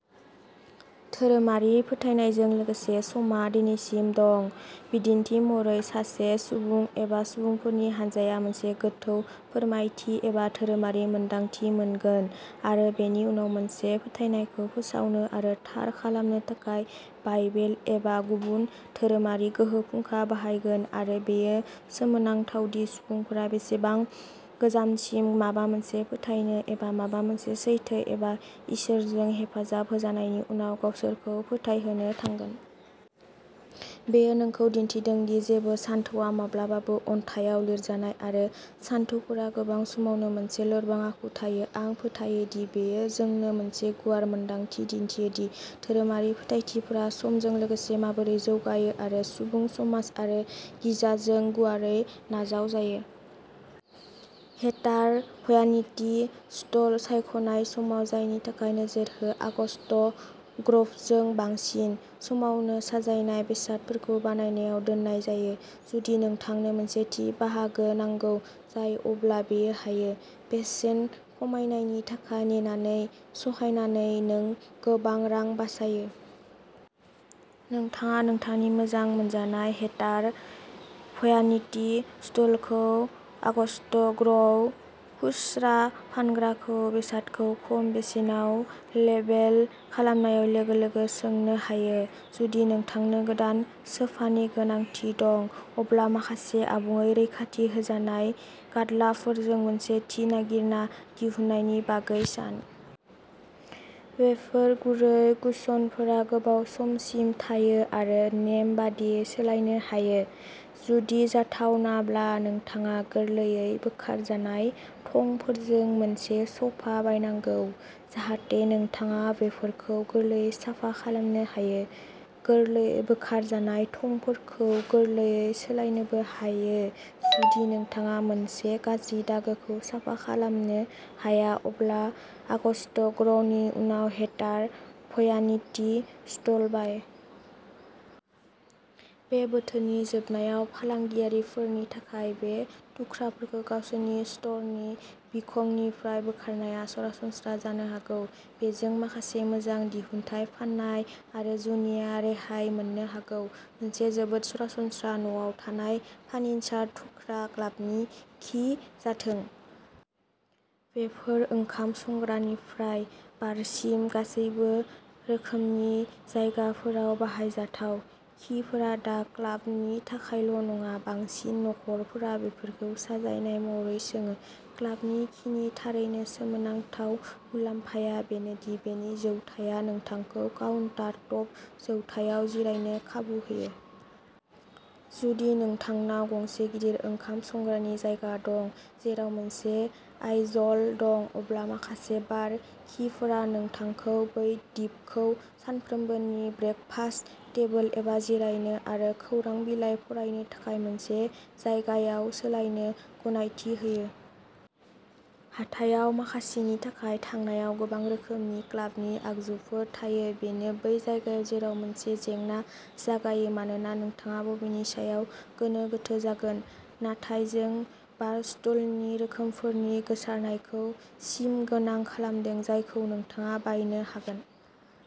धोरोमारि फोथायनायजों लोगोसे समआ दिनैसिमबो दं। बिदिन्थि महरै सासे सुबुं एबा सुबुंफोरनि हानजाया मोनसे गोथौ फोरमायथि एबा धोरोमारि मोन्दांथि मोनगोन आरो बेनि उनाव मोनसे फोथायनायखौ फोसावनो आरो थार खालामनो थाखाय बाइबेल एबा गुबुन धोरोमारि गोहो फुंखा बाहायगोन आरो बेयो सोमोनांथाव दि सुबुंफोरा बेसेबां गोजानसिम माबा मोनसे फोथायनो एबा माबा मोनसे सैथो एबा इसोरजों हेफाजाब होजानायनि सायाव गावसोरखौ फोथायहोनो थांगोन। बेयो नोंखौ दिन्थिदों दि जेबो सानथौआ माब्लाबाबो अन्थाइआव लिरजाया आरो सानथौफोरा गोबां समावनो मोनसे लोरबां आखु थायो। आं फोथायो दि बेयो जोंनो मोनसे गुवार मोनदांथि दिन्थियो दि धोरोमारि फोथायथिफोरा समजों लोगोसे माबोरै जौगायो आरो सुबुं समाज आरो गिर्जाजों गुवारै नाजावजायो। हेटार भ्यानिटि स्टुल सायख'नाय समाव जायनि थाखाय नोजोर हो आगस्त ग्र'भजों। बांसिन समावनो साजायनाय बेसादफोरखौ बायनायाव दोननाय जायो। जुदि नोंथांनो मोनसे थि बाहागो नांगौ जायो अब्ला बेयो हायो। बेसेन खमायनायनि थाखाय नेनानै सहायनानै नों गोबां रां बासायो। नोंथाङा नोंथांनि मोजां मोनजानाय हेटार भ्यानिटि स्टुलखौ आगस्त ग्र'व खुस्रा फानग्राखौ बेसादखौ खम बेसेनाव लेबेल खालामनाय लोगो लोगो सोंनो हायो। जुदि नोंथांनो गोदान सोफानि गोनांथि दं, अब्ला माखासे आबुङै रैखाथि होजानाय गाद्लाफोरजों मोनसे थि नागिरना दिहुननायनि बागै सान। बेफोर गुरै कुशनफोरा गोबाव समसिम थायो आरो नेम बादियै सोलायनो हायो। जुदि जाथावनाब्ला, नोंथाङा गोरलैयै बोखारजानाय थंफोरजों मोनसे स'फा बायनांगौ जाहाथे नोंथाङा बेफोरखौ गोरलैयै साफा खालामनो हायो। गोरलैयै बोखारजानाय थंफोरखौ गोरलैयै सोलायनोबो हायो, जुदि नोंथाङा मोनसे गाज्रि दागोखौ साफा खालामनो हाया अब्ला आगस्ट ग्र'वनि उनाव हेटार भ्यानिटि स्टुल बाय। बे बोथोरनि जोबनायाव, फालांगियारिफोरनि थाखाय बे थुख्राफोरखौ गावसोरनि स्ट'रनि बिखंनिफ्राय बोखारनाया सरासनस्रा जानो हागौ। बेजों माखासे मोजां दिहुनथाय फाननाय आरो जुनिया रेहाय मोननो हागौ। मोनसे जोबोद सरासनस्रा न'आव थानाय फार्निचार थुख्रा। क्लाबनि खि जाथों। बेफोर ओंखाम संग्रानिफ्राय बारसिम गासैबो रोखोमनि जायगाफोराव बाहायजाथाव। खिफोरा दा क्लाबनि थाखायल' नङा। बांसिन नखरफोरा बेफोरखौ साजायनाय महरै सोङो। क्लाबनि खिनि थारैनो सोमोनांथाव मुलाम्फाया बेनो दि बेनि जौथाया नोंथांखौ काउन्टार-टप जौथायाव जिरायनो खाबु होयो। जुदि नोंथांनाव गंसे गिदिर ओंखाम संग्रानि जायगा दं, जेराव मोनसे आइजल दं, अब्ला माखासे बार खिफोरा नोंथांखौ बै दिपखौ सानफ्रोमबोनि ब्रेकफास्ट टेबोल एबा जिरायनो आरो खौरां बिलाइ फरायनो थाखाय मोनसे जायगायाव सोलायनो गनायथि होयो। हाथाइआव माखासेनि थाखाय थांनायाव गोबां रोखोमनि क्लाबनि आगजुफोर थायो। बेनो बै जायगा जेराव मोनसे जेंना जागायो मानोना नोंथाङा बबेनि सायाव गोनो गोथो जागोन। नाथाय जों बारस्टुलनि रोखोमफोरनि गोसारनायखौ सिमागोनां खालामदों, जायखौ नोंथाङा बायनो हागोन।